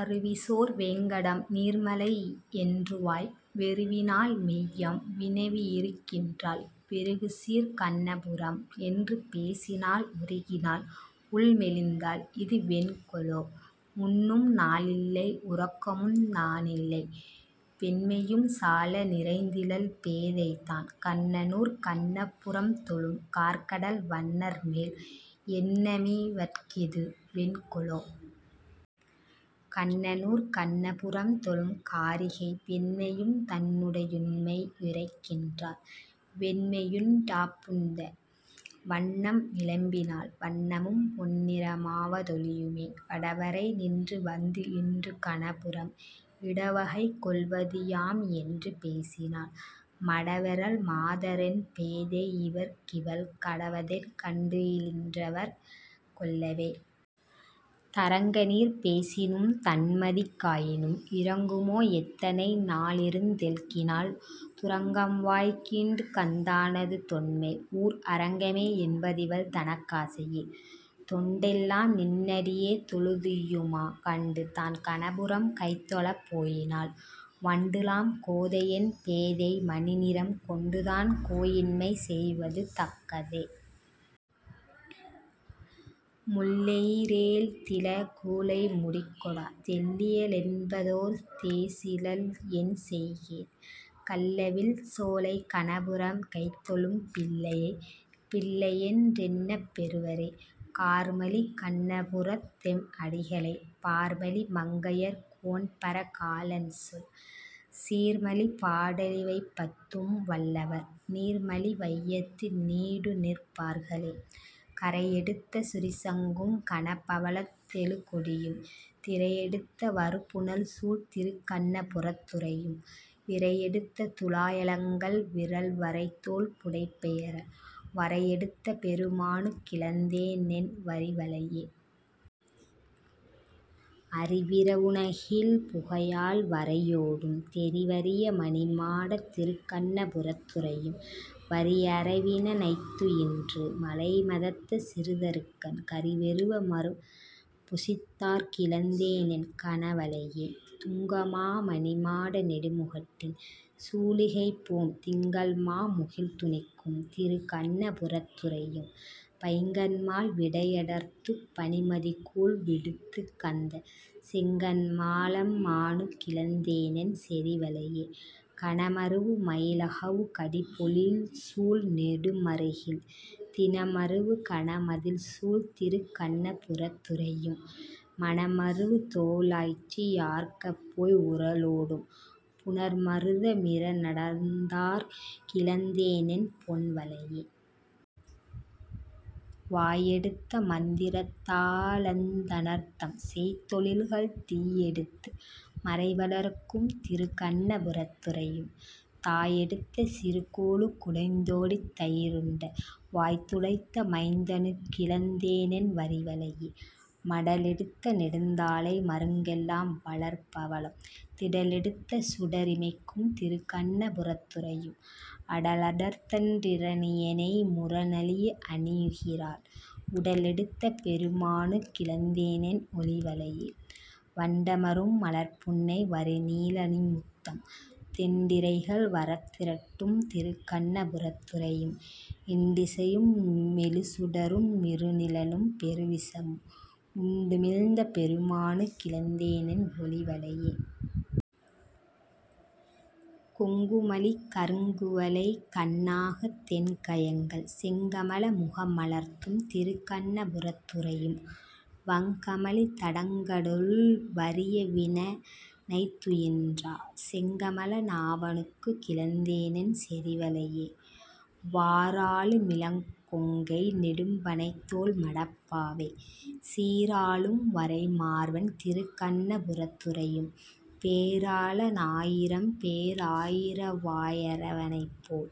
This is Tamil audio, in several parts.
அருவிசோர் வேங்கடம் நீர்மலை என்றுவாய் வெருவினாள் மெய்யம் வினவி யிருக்கின்றாள், பெருகுசீர்க் கண்ண புரம் என்று பேசினாள் உருகினாள், உள்மெலிந் தாள் இது வென்கொலோ.. உண்ணும்நா ளில்லை உறக்கமுந் தானில்லை, பெண்மையும் சால நிறைந்திலள் பேதைதான், கண்ணனூர் கண்ண புரம்தொழும் கார்க்கடல் வண்ணர்மேல், எண்ண மிவட்கிது வென்கொலோ.. கண்ணனூர் கண்ண புரம்தொழும் காரிகை, பெண்மையும் தன்னுடை யுண்மை யுரைக்கின்றாள், வெண்ணெயுண் டாப்புண்ட வண்ணம் விளம்பினாள், வண்ணமும் பொன்னிற மாவ தொழியுமே.. வடவரை நின்றும்வந்து இன்று கணபுரம், இடவகை கொள்வது யாம் என்று பேசினாள், மடவரல் மாதரென் பேதை யிவர்க்கிவள் கடவதென், கண்டுயி லின்றிவர் கொள்ளவே.. தரங்கநீர் பேசினும் தண்மதி காயினும், இரங்குமோ எத்தனை நாளிருந் தெள்கினாள் துரங்கம்வாய் கீண்டுகந் தானது தொன்மை ஊர் அரங்கமே என்ப திவள்தனக் காசையே.. தொண்டெல்லாம் நின்னடி யேதொழு துய்யுமா கண்டு, தான் கணபுரம் கைதொழப் போயினாள் வண்டுலாம் கோதையென் பேதை மணிநிறம் கொண்டுதான், கோயின்மை செய்வது தக்கதே?. முள்ளெயி றேய்ந்தில, கூழை முடிகொடா, தெள்ளிய ளென்பதோர் தேசிலள் என்செய்கேன், கள்ளவிழ் சோலைக் கணபுரம் கைதொழும் பிள்ளையை, பிள்ளையென் றெண்ணப் பெறுவரே?. கார்மலி கண்ண புரத்தெம் அடிகளை, பார்மலி மங்கையர் கோன்பர காலன்சொல், சீர்மலி பாட லிவைபத்தும் வல்லவர், நீர்மலி வையத்து நீடுநிற் பார்களே. கரையெடுத்த சுரிசங்கும் கனபவளத் தெழுகொடியும், திரையெடுத்து வருபுனல்சூழ் திருக்கண்ண புரத்துறையும், விரையெடுத்த துழாயலங்கல் விறல்வரைத்தோள் புடைபெயர வரையெடுத்த பெருமானுக் கிழந்தேனென் வரிவளையே.. அரிவிரவு னகில்புகையால் வரையோடும் தெரிவரிய மணிமாடத் திருக்கண்ண புரத்துறையும், வரியரவி னணைத்துயின்று மழைமதத்த சிறுதறுகண், கரிவெருவ மருப்பொசித்தாற் கிழந்தேனென் கனவளையே.. துங்கமா மணிமாட நெடுமுகட்டின் சூலிகைபோம் திங்கள்மா முகில்துணிக்கும் திருக்கண்ண புரத்துறையும் பைங்கண்மால் விடையடர்த்துப் பனிமதிகோள் விடுத்துகந்த செங்கண்மா லம்மானுக் கிழந்தேனென் செறிவளையே.. கணமருவு மயிலகவு கடிபொழில்சூழ் நெடுமறுகில், திணமருவு கனமதிள்சூழ் திருக்கண்ண புரத்துறையும், மணமருவு தோளாய்ச்சி யார்க்கப்போய் உரலோடும் புணர்மருத மிறநடந்தாற் கிழந்தேனெ ன் பொன்வளையே.. வாயெடுத்த மந்திரத்தா லந்தணர்தம் செய்தொழில்கள் தீயெடுத்து மறைவளர்க்கும் திருக்கண்ண புரத்துறையும் தாயெடுத்த சிறுகோலுக் குளைந்தோடித் தயிருண்ட, வாய்துடைத்த மைந்தனுக் கிழந்தேனென் வரிவளையே.. மடலெடுத்த நெடுந்தாழை மருங்கெல்லாம் வளர்பவளம், திடலெடுத்துச் சுடரிமைக்கும் திருக்கண்ண புரத்துறையும், அடலடர்த்தன் றிரணியனை முரணழிய அணியுகிரால், உடலெடுத்த பெருமானுக் கிழந்தேனென் ஒளிவளையே.. வண்டமரும் மலர்ப்புன்னை வரிநீழ லணிமுத்தம், தெண்டிரைகள் வரத்திரட்டும் திருக்கண்ண புரத்துறையும், எண்டிசையு மெழுசுடரு மிருநிலனும் பெருவிசும்பும், உண்டுமிழ்ந்த பெருமானுக் கிழந்தேனென் ஒளிவளையே.. கொங்குமலி கருங்குவளை கண்ணாக தெண்கயங்கள் செங்கமல முகமலர்த்தும் திருக்கண்ண புரத்துறையும், வங்கமலி தடங்கடலுள் வரியரவி னணைத்துயின்றா, செங்கமல நாபனுக் கிழந்தேனென் செறிவளையே.. வாராளு மிளங்கொங்கை நெடும்பணைத்தோள் மடப்பாவை, சீராளும் வரைமார்வன் திருக்கண்ண புரத்துறையும், பேராள னாயிரம்பே ராயிரவா யரவணைமேல்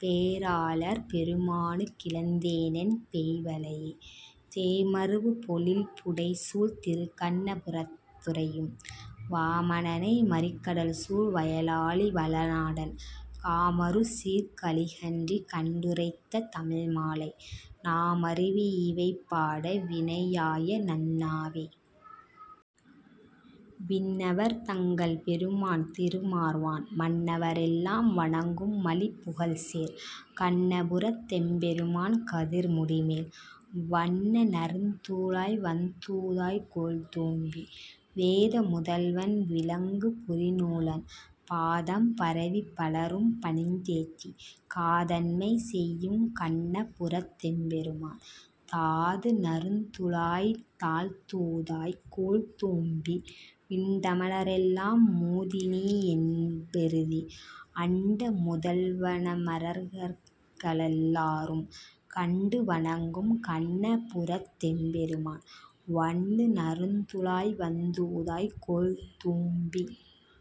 பேராளர் பெருமானுக் கிழந்தேனென் பெய்வளையே.. தேமருவு பொழில்புடைசூழ் திருக்கண்ண புரத்துறையும் வாமனனை, மறிகடல்சூழ் வயலாலி வளநாடன், காமருசீர்க் கலிகன்றி கண்டுரைத்த தமிழ்மாலை, நாமருவி யிவைபாட வினையாய நண்ணாவே. விண்ணவர் தங்கள் பெருமான் திருமார்வன், மண்ணவ ரெல்லாம் வணங்கும் மலிபுகழ்சேர், கண்ண புரத்தெம் பெருமான் கதிர்முடிமேல், வண்ண நறுந்துழாய் வந்தூதாய் கோல்தும்பீ.. வேத முதல்வன் விளங்கு புரிநூலன், பாதம் பரவிப் பலரும் பணிந்தேத்தி, காதன்மை செய்யும் கண்ணபுரத் தெம்பெருமான், தாது நறுந்துழாய் தாழ்ந்தூதாய் கோல்தும்பீ.. விண்டமல ரெல்லா மூதிநீ யென்பெறுதி, அண்ட முதல்வ னமரர்க ளெல்லாரும், கண்டு வணங்கும் கண்ணபுரத் தெம்பெருமான் வண்டு நறுந்துழாய் வந்தூதாய் கோல்தும்பீ..